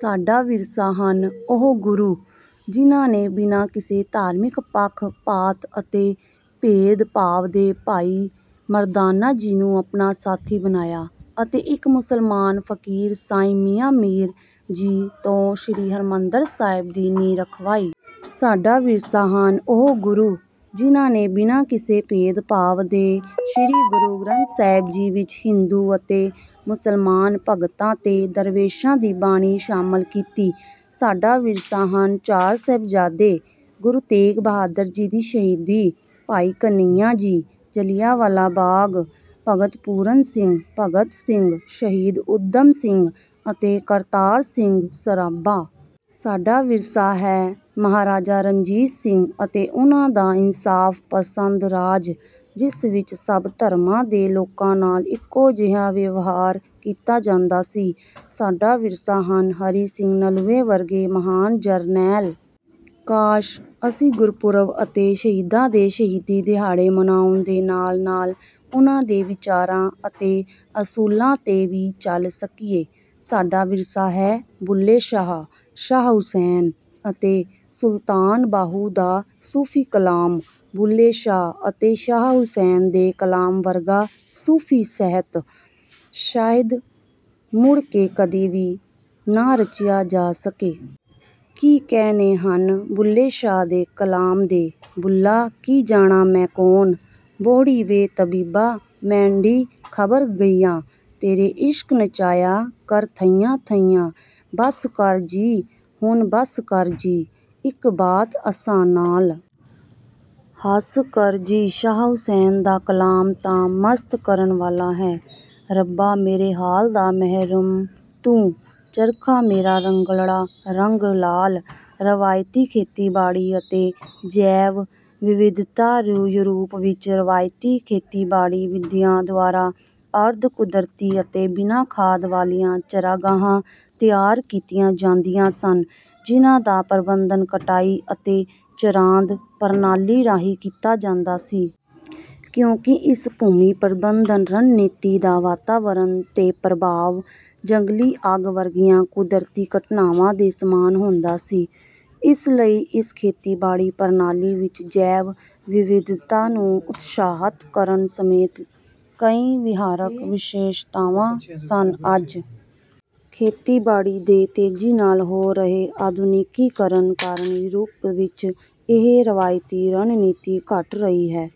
ਸਾਡਾ ਵਿਰਸਾ ਹਨ ਉਹ ਗੁਰੂ, ਜਿਨ੍ਹਾਂ ਨੇ ਬਿਨਾਂ ਕਿਸੇ ਧਾਰਮਿਕ ਪੱਖ-ਪਾਤ ਅਤੇ ਭੇਦ-ਭਾਵ ਦੇ ਭਾਈ ਮਰਦਾਨਾ ਜੀ ਨੂੰ ਆਪਣਾ ਸਾਥੀ ਬਣਾਇਆ ਅਤੇ ਇੱਕ ਮੁਸਲਮਾਨ ਫ਼ਕੀਰ ਸਾਈਂ ਮੀਆਂ ਮੀਰ ਜੀ ਤੋਂ ਸ਼੍ਰੀ ਹਰਿਮੰਦਰ ਸਾਹਿਬ ਦੀ ਨੀਂਹ ਰਖਵਾਈ। ਸਾਡਾ ਵਿਰਸਾ ਹਨ ਉਹ ਗੁਰੂ, ਜਿਨ੍ਹਾਂ ਨੇ ਬਿਨਾਂ ਕਿਸੇ ਭੇਦ-ਭਾਵ ਦੇ ਸ਼੍ਰੀ ਗੁਰੂ ਗ੍ਰੰਥ ਸਾਹਿਬ ਜੀ ਵਿੱਚ ਹਿੰਦੂ ਅਤੇ ਮੁਸਲਮਾਨ ਭਗਤਾਂ ਤੇ ਦਰਵੇਸ਼ਾਂ ਦੀ ਬਾਣੀ ਸ਼ਾਮਲ ਕੀਤੀ। ਸਾਡਾ ਵਿਰਸਾ ਹਨ ਚਾਰ ਸਾਹਿਬਜ਼ਾਦੇ, ਗੁਰੂ ਤੇਗ ਬਹਾਦਰ ਜੀ ਦੀ ਸ਼ਹੀਦੀ, ਭਾਈ ਘਨੱਈਆ ਜੀ, ਜੱਲ੍ਹਿਆਂਵਾਲਾ ਬਾਗ, ਭਗਤ ਪੂਰਨ ਸਿੰਘ, ਭਗਤ ਸਿੰਘ, ਸ਼ਹੀਦ ਊਧਮ ਸਿੰਘ, ਅਤੇ ਕਰਤਾਰ ਸਿੰਘ ਸਰਾਭਾ। ਸਾਡਾ ਵਿਰਸਾ ਹੈ ਮਹਾਰਾਜਾ ਰਣਜੀਤ ਸਿੰਘ ਅਤੇ ਉਨ੍ਹਾਂ ਦਾ ਇਨਸਾਫ਼-ਪਸੰਦ ਰਾਜ, ਜਿਸ ਵਿੱਚ ਸਭ ਧਰਮਾਂ ਦੇ ਲੋਕਾਂ ਨਾਲ ਇੱਕੋ ਜਿਹਾ ਵਿਵਹਾਰ ਕੀਤਾ ਜਾਂਦਾ ਸੀ। ਸਾਡਾ ਵਿਰਸਾ ਹਨ ਹਰੀ ਸਿੰਘ ਨਲੂਏ ਵਰਗੇ ਮਹਾਨ ਜਰਨੈਲ। ਕਾਸ਼! ਅਸੀਂ ਗੁਰਪੁਰਬ ਅਤੇ ਸ਼ਹੀਦਾਂ ਦੇ ਸ਼ਹੀਦੀ ਦਿਹਾੜੇ ਮਨਾਉਣ ਦੇ ਨਾਲ-ਨਾਲ ਉਨ੍ਹਾਂ ਦੇ ਵਿਚਾਰਾਂ ਅਤੇ ਅਸੂਲਾਂ 'ਤੇ ਵੀ ਚੱਲ ਸਕੀਏ। ਸਾਡਾ ਵਿਰਸਾ ਹੈ ਬੁੱਲ੍ਹੇ ਸ਼ਾਹ, ਸ਼ਾਹ ਹੁਸੈਨ, ਅਤੇ ਸੁਲਤਾਨ ਬਾਹੂ ਦਾ ਸੂਫ਼ੀ ਕਲਾਮ। ਬੁੱਲ੍ਹੇ ਸ਼ਾਹ ਅਤੇ ਸ਼ਾਹ ਹੁਸੈਨ ਦੇ ਕਲਾਮ ਵਰਗਾ ਸੂਫ਼ੀ ਸਾਹਿਤ ਸ਼ਾਇਦ ਮੁੜ ਕੇ ਕਦੇ ਵੀ ਨਾ ਰਚਿਆ ਜਾ ਸਕੇ। ਕੀ ਕਹਿਣੇ ਹਨ ਬੁੱਲ੍ਹੇ ਸ਼ਾਹ ਦੇ ਕਲਾਮ ਦੇ:"ਬੁੱਲ੍ਹਾ ਕੀ ਜਾਣਾ ਮੈਂ ਕੌਣ""ਬਹੁੜੀਂ ਵੇ ਤਬੀਬਾ ਮੈਂਡੀ ਖਬਰ ਗਈਆ, ਤੇਰੇ ਇਸ਼ਕ ਨਚਾਇਆ ਕਰ ਥਈਆ ਥਈਆ""ਬਸ ਕਰ ਜੀ ਹੁਣ ਬਸ ਕਰ ਜੀ, ਇੱਕ ਬਾਤ ਅਸਾਂ ਨਾਲ ਹੱਸ ਕਰ ਜੀ"ਸ਼ਾਹ ਹੁਸੈਨ ਦਾ ਕਲਾਮ ਤਾਂ ਮਸਤ ਕਰਨ ਵਾਲਾ ਹੈ:"ਰੱਬਾ ਮੇਰੇ ਹਾਲ ਦਾ ਮਹਿਰਮੁ ਤੂੰ""ਚਰਖਾ ਮੇਰਾ ਰੰਗਲੜਾ ਰੰਗ ਲਾਲ" ਰਵਾਇਤੀ ਖੇਤੀਬਾੜੀ ਅਤੇ ਜੈਵ-ਵਿਵਿਧਤਾਯੂਰਪ ਵਿੱਚ ਰਵਾਇਤੀ ਖੇਤੀਬਾੜੀਵਿਧੀਆਂ ਦੁਆਰਾ ਅਰਧ-ਕੁਦਰਤੀ ਅਤੇ ਬਿਨਾਂ ਖਾਦ ਵਾਲੀਆਂ ਚਰਾਗਾਹਾਂ ਤਿਆਰ ਕੀਤੀਆਂ ਜਾਂਦੀਆਂ ਸਨ, ਜਿਨ੍ਹਾਂ ਦਾ ਪ੍ਰਬੰਧਨ ਕਟਾਈ ਅਤੇ ਚਰਾਂਦ ਪ੍ਰਣਾਲੀ ਰਾਹੀਂ ਕੀਤਾ ਜਾਂਦਾ ਸੀ। ਕਿਉਂਕਿ ਇਸ ਭੂਮੀ ਪ੍ਰਬੰਧਨ ਰਣਨੀਤੀ ਦਾ ਵਾਤਾਵਰਣ 'ਤੇ ਪ੍ਰਭਾਵ ਜੰਗਲੀ ਅੱਗ ਵਰਗੀਆਂ ਕੁਦਰਤੀ ਘਟਨਾਵਾਂ ਦੇ ਸਮਾਨ ਹੁੰਦਾ ਸੀ, ਇਸ ਲਈ ਇਸ ਖੇਤੀਬਾੜੀ ਪ੍ਰਣਾਲੀ ਵਿੱਚ ਜੈਵ-ਵਿਵਿਧਤਾ ਨੂੰ ਉਤਸ਼ਾਹਤ ਕਰਨ ਸਮੇਤ ਕਈ ਵਿਹਾਰਕ ਵਿਸ਼ੇਸ਼ਤਾਵਾਂ ਸਨ। ਅੱਜ ਖੇਤੀਬਾੜੀ ਦੇ ਤੇਜ਼ੀ ਨਾਲ ਹੋ ਰਹੇ ਆਧੁਨਿਕੀਕਰਨ ਕਾਰਨ ਯੂਰਪ ਵਿੱਚ ਇਹ ਰਵਾਇਤੀ ਰਣਨੀਤੀ ਘਟ ਰਹੀ ਹੈ।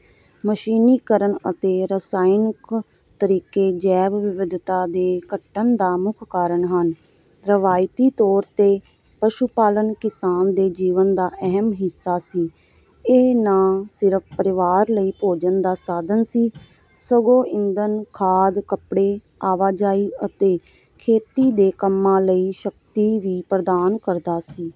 ਮਸ਼ੀਨੀਕਰਨ ਅਤੇ ਰਸਾਇਣਕ ਤਰੀਕੇ ਜੈਵ-ਵਿਵਿਧਤਾ ਦੇ ਘਟਣ ਦਾ ਮੁੱਖ ਕਾਰਨ ਹਨ। ਰਵਾਇਤੀ ਤੌਰ 'ਤੇ, ਪਸ਼ੂ ਪਾਲਣ ਕਿਸਾਨ ਦੇ ਜੀਵਨ ਦਾ ਅਹਿਮ ਹਿੱਸਾ ਸੀ; ਇਹ ਨਾ ਸਿਰਫ਼ ਪਰਿਵਾਰ ਲਈ ਭੋਜਨ ਦਾ ਸਾਧਨ ਸੀ, ਸਗੋਂ ਈਂਧਨ, ਖਾਦ, ਕੱਪੜੇ, ਆਵਾਜਾਈ ਅਤੇ ਖੇਤੀ ਦੇ ਕੰਮਾਂ ਲਈ ਸ਼ਕਤੀ ਵੀ ਪ੍ਰਦਾਨ ਕਰਦਾ ਸੀ।